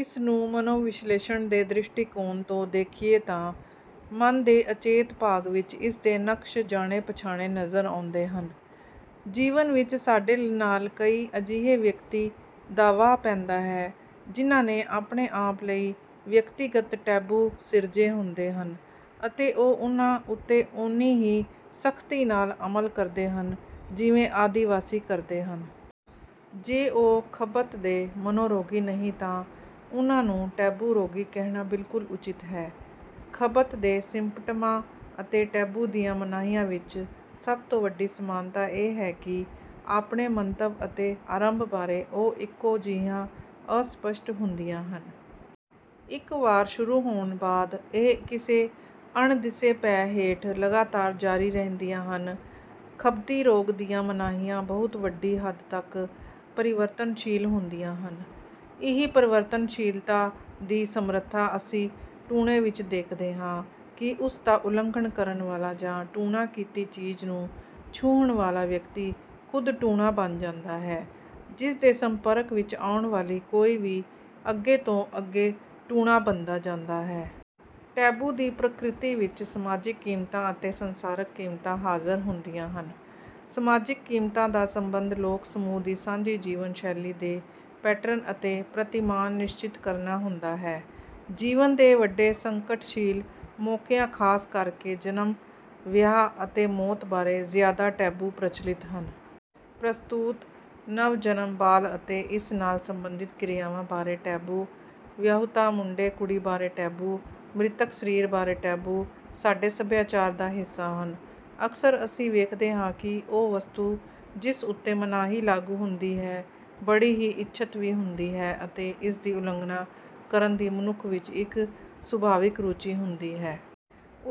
ਇਸ ਨੂੰ ਮਨੋਵਿਸ਼ਲੇਸ਼ਣ ਦੇ ਦ੍ਰਿਸ਼ਟੀਕੋਣ ਤੋਂ ਦੇਖੀਏ ਤਾਂ ਮਨ ਦੇ ਅਚੇਤ ਭਾਗ ਵਿੱਚ ਇਸ ਦੇ ਨਕਸ਼ ਜਾਣੇ-ਪਛਾਣੇ ਨਜ਼ਰ ਆਉਂਦੇ ਹਨ। ਜੀਵਨ ਵਿੱਚ ਸਾਡੇ ਨਾਲ ਕਈ ਅਜਿਹੇ ਵਿਅਕਤੀਆਂ ਦਾ ਵਾਹ ਪੈਂਦਾ ਹੈ, ਜਿਨ੍ਹਾਂ ਨੇ ਆਪਣੇ ਆਪ ਲਈ ਵਿਅਕਤੀਗਤ ਟੈਬੂ ਸਿਰਜੇ ਹੁੰਦੇ ਹਨ ਅਤੇ ਉਹ ਉਨ੍ਹਾਂ ਉੱਤੇ ਓਨੀ ਹੀ ਸਖ਼ਤੀ ਨਾਲ ਅਮਲ ਕਰਦੇ ਹਨ, ਜਿਵੇਂ ਆਦਿ ਵਾਸੀ ਕਰਦੇ ਹਨ। ਜੇ ਉਹ ਖਬਤ ਦੇ ਮਨੋਰੋਗੀ ਨਹੀਂ ਤਾਂ ਉਨ੍ਹਾਂ ਨੂੰ 'ਟੈਬੂ ਰੋਗੀ' ਕਹਿਣਾ ਬਿਲਕੁਲ ਉਚਿਤ ਹੈ। ਖਬਤ ਦੇ ਸਿੰਪਟਮਾਂ ਅਤੇ ਟੈਬੂ ਦੀਆਂ ਮਨਾਹੀਆਂ ਵਿੱਚ ਸਭ ਤੋਂ ਵੱਡੀ ਸਮਾਨਤਾ ਇਹ ਹੈ ਕਿ ਆਪਣੇ ਮੰਤਵ ਅਤੇ ਆਰੰਭ ਬਾਰੇ ਉਹ ਇੱਕੋ ਜਿਹੀਆਂ ਅਸਪੱਸ਼ਟ ਹੁੰਦੀਆਂ ਹਨ। ਇੱਕ ਵਾਰ ਸ਼ੁਰੂ ਹੋਣ ਬਾਅਦ ਇਹ ਕਿਸੇ ਅਣਦਿਸੇ ਭੈਅ ਹੇਠ ਲਗਾਤਾਰ ਜਾਰੀ ਰਹਿੰਦੀਆਂ ਹਨ। ਖਬਤੀ ਰੋਗ ਦੀਆਂ ਮਨਾਹੀਆਂ ਬਹੁਤ ਵੱਡੀ ਹੱਦ ਤੱਕ ਪਰਿਵਰਤਨਸ਼ੀਲ ਹੁੰਦੀਆਂ ਹਨ। ਇਹੀ ਪਰਿਵਰਤਨਸ਼ੀਲਤਾ ਦੀ ਸਮਰੱਥਾ ਅਸੀਂ ਟੂਣੇ ਵਿੱਚ ਦੇਖਦੇ ਹਾਂ ਕਿ ਉਸ ਦਾ ਉਲੰਘਣ ਕਰਨ ਵਾਲਾ ਜਾਂ ਟੂਣਾ ਕੀਤੀ ਚੀਜ਼ ਨੂੰ ਛੂਹਣ ਵਾਲਾ ਵਿਅਕਤੀ ਖ਼ੁਦ ਟੂਣਾ ਬਣ ਜਾਂਦਾ ਹੈ ਜਿਸ ਦੇ ਸੰਪਰਕ ਵਿੱਚ ਆਉਣ ਵਾਲੀ ਕੋਈ ਵੀ ਅੱਗੇ ਤੋਂ ਅੱਗੇ ਟੂਣਾ ਬਣਦਾ ਜਾਂਦਾ ਹੈ। ਟੈਬੂ ਦੀ ਪ੍ਰਕਿਰਤੀ ਵਿੱਚ ਸਮਾਜਿਕ ਕੀਮਤਾਂ ਅਤੇ ਸੰਸਕਾਰਕ ਕੀਮਤਾਂ ਹਾਜ਼ਰ ਹੁੰਦੀਆਂ ਹਨ। ਸਮਾਜਿਕ ਕੀਮਤਾਂ ਦਾ ਸੰਬੰਧ ਲੋਕ ਸਮੂਹ ਦੀ ਸਾਂਝੀ ਜੀਵਨ ਸ਼ੈਲੀ ਦੇ ਪੈਟਰਨ ਅਤੇ ਪ੍ਰਤਿਮਾਨ ਨਿਸ਼ਚਿਤ ਕਰਨਾ ਹੁੰਦਾ ਹੈ। ਜੀਵਨ ਦੇ ਵੱਡੇ ਸੰਕਟਸ਼ੀਲ ਮੌਕਿਆਂ ਖਾਸ ਕਰਕੇ ਜਨਮ, ਵਿਆਹ ਅਤੇ ਮੌਤ ਬਾਰੇ ਜ਼ਿਆਦਾ ਟੈਬੂ ਪ੍ਰਚਲਿਤ ਹਨ। ਪ੍ਰਸਤੂਤ, ਨਵ-ਜਨਮ ਬਾਲ ਅਤੇ ਇਸ ਨਾਲ ਸੰਬੰਧਿਤ ਕਿਰਿਆਵਾਂ ਬਾਰੇ ਟੈਬੂ, ਵਿਆਹੁਤਾ ਮੁੰਡੇ-ਕੁੜੀ ਬਾਰੇ ਟੈਬੂ, ਮ੍ਰਿਤਕ ਸਰੀਰ ਬਾਰੇ ਟੈਬੂ ਸਾਡੇ ਸੱਭਿਆਚਾਰ ਦਾ ਹਿੱਸਾ ਹਨ। ਅਕਸਰ ਅਸੀਂ ਵੇਖਦੇ ਹਾਂ ਕਿ ਉਹ ਵਸਤੂ ਜਿਸ ਉੱਤੇ ਮਨਾਹੀ ਲਾਗੂ ਹੁੰਦੀ ਹੈ, ਬੜੀ ਹੀ ਇੱਛਤ ਵੀ ਹੁੰਦੀ ਹੈ ਅਤੇ ਇਸ ਦੀ ਉਲੰਘਣਾ ਕਰਨ ਦੀ ਮਨੁੱਖ ਵਿੱਚ ਇੱਕ ਸੁਭਾਵਿਕ ਰੁਚੀ ਹੁੰਦੀ ਹੈ।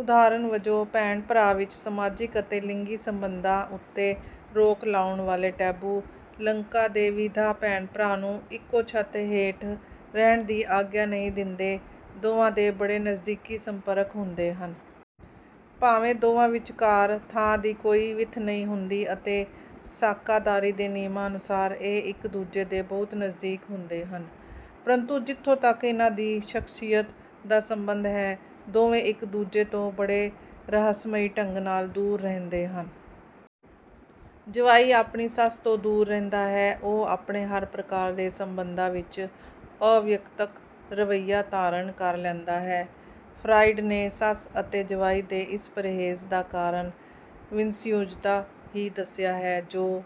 ਉਦਾਹਰਨ ਵਜੋਂ ਭੈਣ-ਭਰਾ ਵਿੱਚ ਸਮਾਜਿਕ ਅਤੇ ਲਿੰਗੀ ਸੰਬੰਧਾਂ ਉੱਤੇ ਰੋਕ ਲਾਉਣ ਵਾਲੇ ਟੈਬੂ। ਲੰਕਾ ਦੇ ਵੀਧਾ ਭੈਣ-ਭਰਾ ਨੂੰ ਇੱਕੋ ਛੱਤ ਹੇਠ ਰਹਿਣ ਦੀ ਆਗਿਆ ਨਹੀਂ ਦਿੰਦੇ। ਦੋਵਾਂ ਦੇ ਬੜੇ ਨਜ਼ਦੀਕੀ ਸੰਪਰਕ ਹੁੰਦੇ ਹਨ। ਭਾਵੇਂ ਦੋਵਾਂ ਵਿਚਕਾਰ ਥਾਂ ਦੀ ਕੋਈ ਵਿੱਥ ਨਹੀਂ ਹੁੰਦੀ ਅਤੇ ਸਾਕਾਦਾਰੀ ਦੇ ਨਿਯਮਾਂ ਅਨੁਸਾਰ ਇਹ ਇੱਕ ਦੂਜੇ ਦੇ ਬਹੁਤ ਨਜ਼ਦੀਕ ਹੁੰਦੇ ਹਨ। ਪਰੰਤੂ ਜਿੱਥੋਂ ਤੱਕ ਇਨ੍ਹਾਂ ਦੀ ਸ਼ਖ਼ਸੀਅਤ ਦਾ ਸੰਬੰਧ ਹੈ, ਦੋਵੇਂ ਇੱਕ ਦੂਜੇ ਤੋਂ ਬੜੇ ਰਹੱਸਮਈ ਢੰਗ ਨਾਲ ਦੂਰ ਰਹਿੰਦੇ ਹਨ। ਜਵਾਈ ਆਪਣੀ ਸੱਸ ਤੋਂ ਦੂਰ ਰਹਿੰਦਾ ਹੈ, ਉਹ ਆਪਣੇ ਹਰ ਪ੍ਰਕਾਰ ਦੇ ਸੰਬੰਧਾਂ ਵਿੱਚ ਅਵਿਅਕਤਕ ਰਵੱਈਆ ਧਾਰਨ ਕਰ ਲੈਂਦਾ ਹੈ। ਫਰਾਇਡ ਨੇ ਸੱਸ ਅਤੇ ਜਵਾਈ ਦੇ ਇਸ ਪਰਹੇਜ਼ ਦਾ ਕਾਰਨ ਵਿਸੰਯੁਜਤਾ ਹੀ ਦੱਸਿਆ ਹੈ, ਜੋ